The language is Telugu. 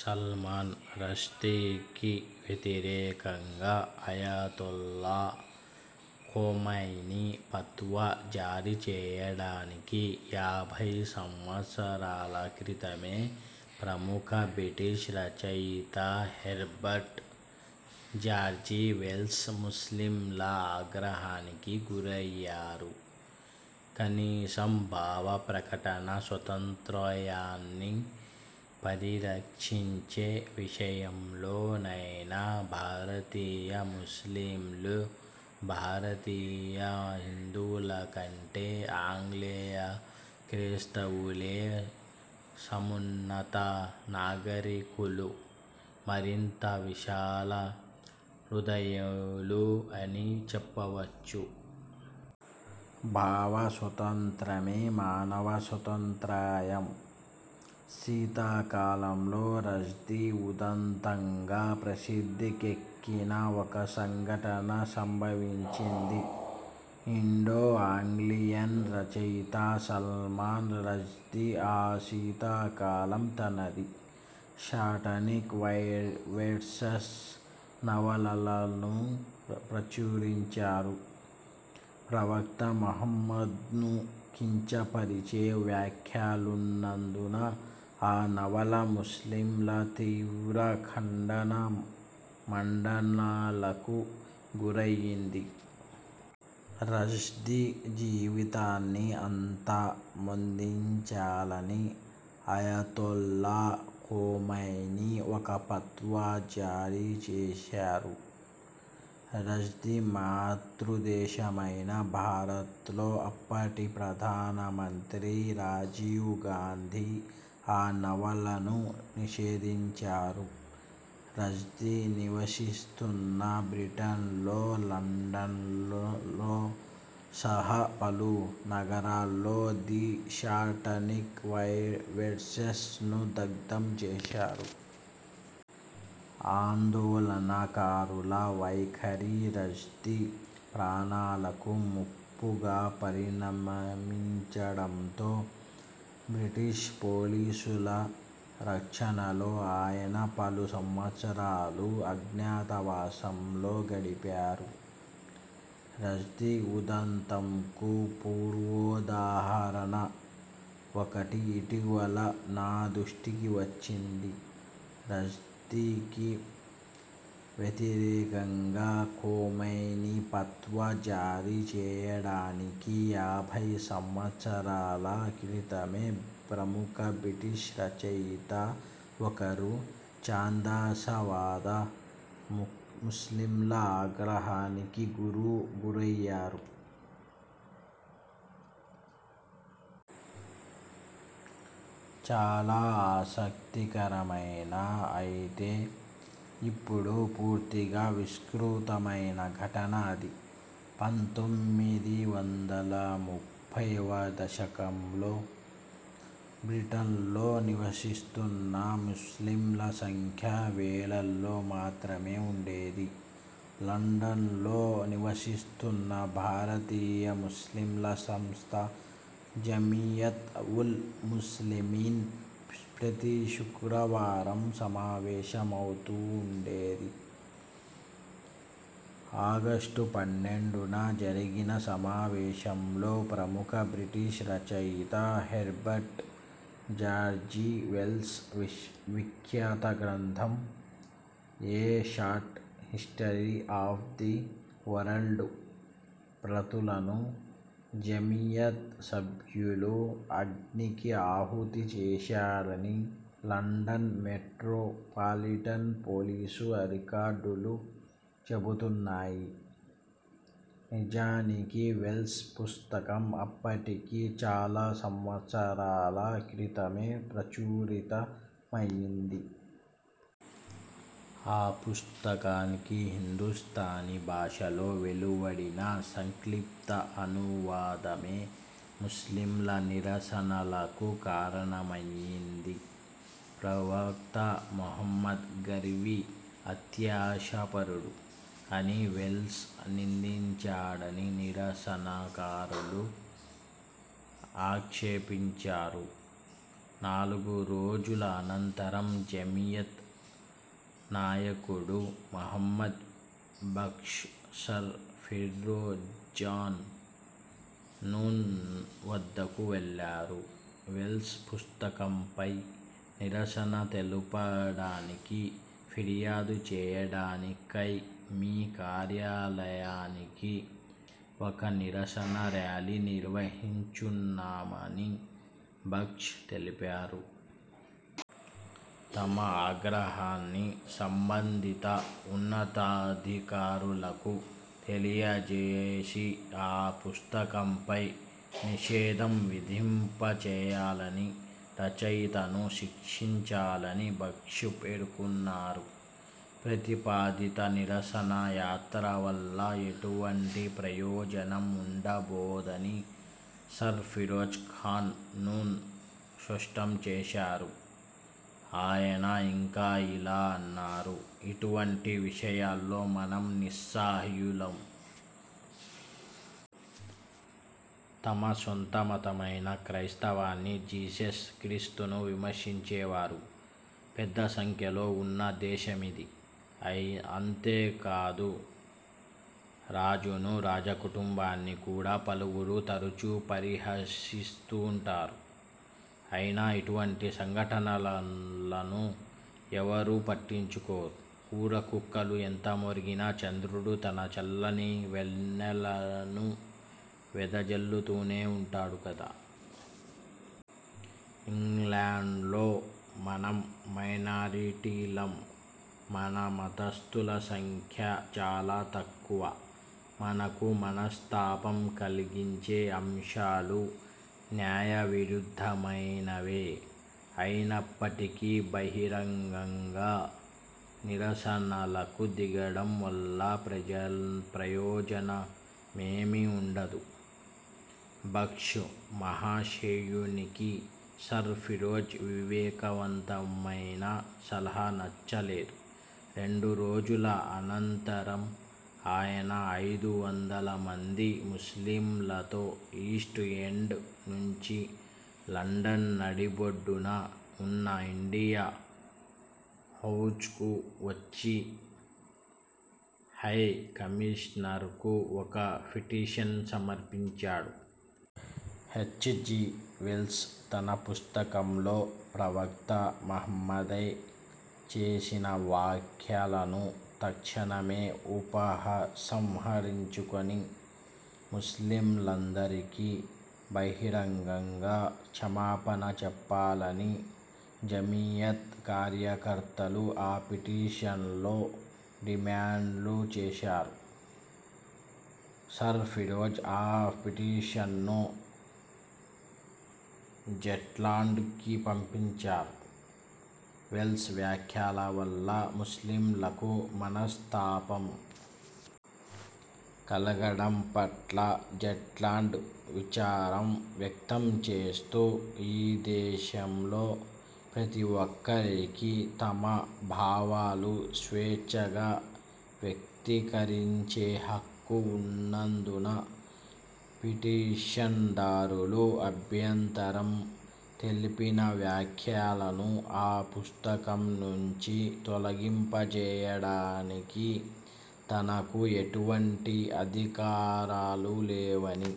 సల్మాన్ రష్దీకి వ్యతిరేకంగా అయతొల్లా ఖొమైనీ ఫత్వా జారీ చేయడానికి యాభై సంవత్సరాల క్రితమే ప్రముఖ బ్రిటిష్ రచయిత హెర్బర్ట్ జార్జి వెల్స్ ముస్లింల ఆగ్రహానికి గురయ్యారు. కనీసం భావ ప్రకటనా స్వాతంత్రయాన్ని పరిరక్షించే విషయంలో నైనా భారతీయ ముస్లింలు, భారతీయ హిందువుల కంటే ఆంగ్లేయ క్రైస్తవులే సమున్నత నాగరీకులూ, మరింత విశాల హృదయులూ అని చెప్పవచ్చు. భావ స్వాతంత్రమే మానవ స్వాతంత్రయం. శీతాకాలంలో, 'రష్దీ ఉదంతం'గా ప్రసిద్ధి కెక్కిన ఒక సంఘటన సంభవించింది ఇండో ఆంగ్లియన్ రచయిత సల్మాన్ రష్దీ ఆ శీతాకాలం తన 'ది శాటానిక్ వెర్సెస్' నవలను ప్రచురించారు. ప్రవక్త మహ్మద్ను కించ పరిచే వ్యాఖ్యలున్నందున ఆ నవల ముస్లింల తీవ్ర ఖండన మండనలకు గుర యింది. రష్దీ జీవితాన్ని అంత మొందించాలని అయతొల్లా ఖొమైనీ ఒక ఫత్వా జారీ చేశారు. రష్దీ మాతృదేశమైన భారత్లో, అప్పటి ప్రధాన మంత్రి రాజీవ్ గాంధీ ఆ నవలను నిషేధించారు. రష్దీ నివసిస్తున్న బ్రిటన్లో, లండన్తో సహా పలు నగరాల్లో 'ది శాటానిక్ వెర్సెస్'ను దగ్ధం చేశారు. ఆందోళనకారుల వైఖరి రష్దీ ప్రాణాలకు ముప్పుగా పరిణమించడంతో, బ్రిటిష్ పోలీసుల రక్షణలో ఆయన పలు సంవత్సరాలు అజ్ఞాత వాసంలో గడిపారు. 'రష్దీ ఉదంతం'కు పూర్వోదాహరణ ఒకటి ఇటీవల నా దృష్టికి వచ్చింది. రష్దీకి వ్యతిరేకంగా ఖొమైనీ ఫత్వా జారీ చేయడానికి యాభై సంవత్సరాల క్రితమే ప్రముఖ బ్రిటిష్ రచయిత ఒకరు ఛాందస వాద ముస్లింల ఆగ్రహానికి గురయ్యారు. చాలా ఆసక్తి కరమైన, అయితే ఇప్పుడు పూర్తిగా విస్మృతమైన ఘటన అది. పంతొమ్మిది వందల ముప్పైవ దశకంలో బ్రిటన్లో నివసిస్తున్న ముస్లింల సంఖ్య వేలల్లో మాత్రమే వుండేది లండన్లో నివసిస్తున్న భారతీయ ముస్లింల సంస్థ జమీయత్ ఉల్ ముస్లిమీన్ ప్రతి శుక్రవారం సమావేశమవుతుండేది. ఆగస్టు పన్నెండున జరిగిన సమావేశంలో, ప్రముఖ బ్రిటిష్ రచయిత హెర్బర్ట్ జార్జి వెల్స్ విఖ్యాత గ్రంథం 'a short history of the world' ప్రతులను జమీయత్ సభ్యులు అగ్నికి ఆహుతి చేశారని లండన్ మెట్రో పాలిటన్ పోలీసు రికార్డులు చెబుతున్నాయి నిజానికి వెల్స్ పుస్తకం అప్పటికి చాలా సంవత్సరాల క్రితమే ప్రచురిత మయింది. ఆ పుస్తకానికి హిందుస్థానీ భాషలో వెలువడిన సంక్షిప్త అనువాదమే ముస్లింల నిరసనలకు కారణమయింది. ప్రవక్త మహమ్మద్ గర్వి, అత్యాశాపరుడు అని వెల్స్ నిందించాడని నిరసనకారులు ఆక్షేపించారు. నాలుగు రోజుల అనంతరం జమీయత్ నాయకుడు మొహమ్మద్ బక్ష్ సర్ ఫిరోజ్ఖాన్ నూన్ వద్దకు వెళ్ళారు. వేల్స్ పుస్తకంపై నిరసన తెలుపడానికి, ఫిర్యాదు చేయడాని కై మీ కార్యాలయానికి ఒక నిరసన ర్యాలీ నిర్వహించనున్నామని బక్ష్ తెలిపారు. తమ ఆగ్రహాన్ని సంబంధిత ఉన్నతాధికారులకు తెలియ జేసి, ఆ పుస్తకంపై నిషేధం విధింప చేయాలని, రచయితను శిక్షించాలని బక్ష్ పేర్కొన్నారు. 'ప్రతిపాదిత నిరసన యాత్ర వల్ల ఎటువంటి ప్రయోజనం వుండబోదని' సర్ ఫిరోజ్ ఖాన్ నూన్ స్పష్టం చేశారు. ఆయన ఇంకా ఇలా అన్నారు ఇటువంటి విషయాల్లో మనం నిస్సహాయులం. తమ సొంత మతమైన క్రైస్తవాన్ని, జీసస్ క్రీస్తును విమర్శించే వారు పెద్ద సంఖ్యలో వున్న దేశమిది. అంతేకాదు, రాజును, రాజ కుటుంబాన్ని కూడా పలువురు తరచూ పరిహసిస్తుంటారు. అయినా ఇటువంటి సంఘటలను ఎవ్వరూ పట్టించుకోరు. ఊర కుక్కలు ఎంత మొరిగినా చంద్రుడు తన చల్లని వెన్నెలను వెద జల్లుతూనే వుంటాడు కదా. ఇంగ్లాండ్లో మనం మైనారిటీలం. మన మతస్థుల సంఖ్య చాలా తక్కువ. మనకు మనస్తాపం కలిగించే అంశాలు న్యాయ విరుద్ధమైనవే అయినప్పటికీ బహిరంగంగా నిరసనలకు దిగడం వల్ల ప్రయోజన మేమీ వుండదు. బక్ష్ మహాశయునికి సర్ ఫిరోజ్ వివేక వంతమైన సలహా నచ్చలేదు. రెండు రోజుల అనంతరం ఆయన, ఐదు వందల మంది ముస్లింలతో ఈస్ట్ ఎండ్ నుంచి లండన్ నడి బొడ్డున వున్న ఇండియా హౌజ్కు వచ్చి హై కమిషనర్కు ఒక పిటీషన్ సమర్పించాడు. హెచ్. జి. వెల్స్ తన పుస్తకంలో ప్రవక్త మహమ్మద్పై చేసిన వ్యాఖ్యలను తక్షణమే ఉపసంహరించుకొని, ముస్లింలందరికీ బహిరంగంగా క్షమాపణ చెప్పాలని జమీయత్ కార్యకర్తలు ఆ పిటీషన్లో డిమాండ్ చేశారు. సర్ ఫిరోజ్ ఆ పిటీషన్ను జెట్లాండ్ కి పంపించారు. వెల్స్ వ్యాఖ్యల వల్ల ముస్లింలకు మనస్తాపం కలగడం పట్ల జెట్లాండ్ విచారం వ్యక్తం చేస్తూ ఈ దేశంలో ప్రతి ఒక్కరికీ తమ భావాలు స్వేచ్ఛగా వ్యక్తీకరించే హక్కు వున్నందున, పిటిషన్ దారులు అభ్యంతరం తెలిపిన వ్యాఖ్యలను ఆ పుస్తకం నుంచి తొలగింప జేయడానికి తనకు ఎటువంటి అధికారాలు లేవని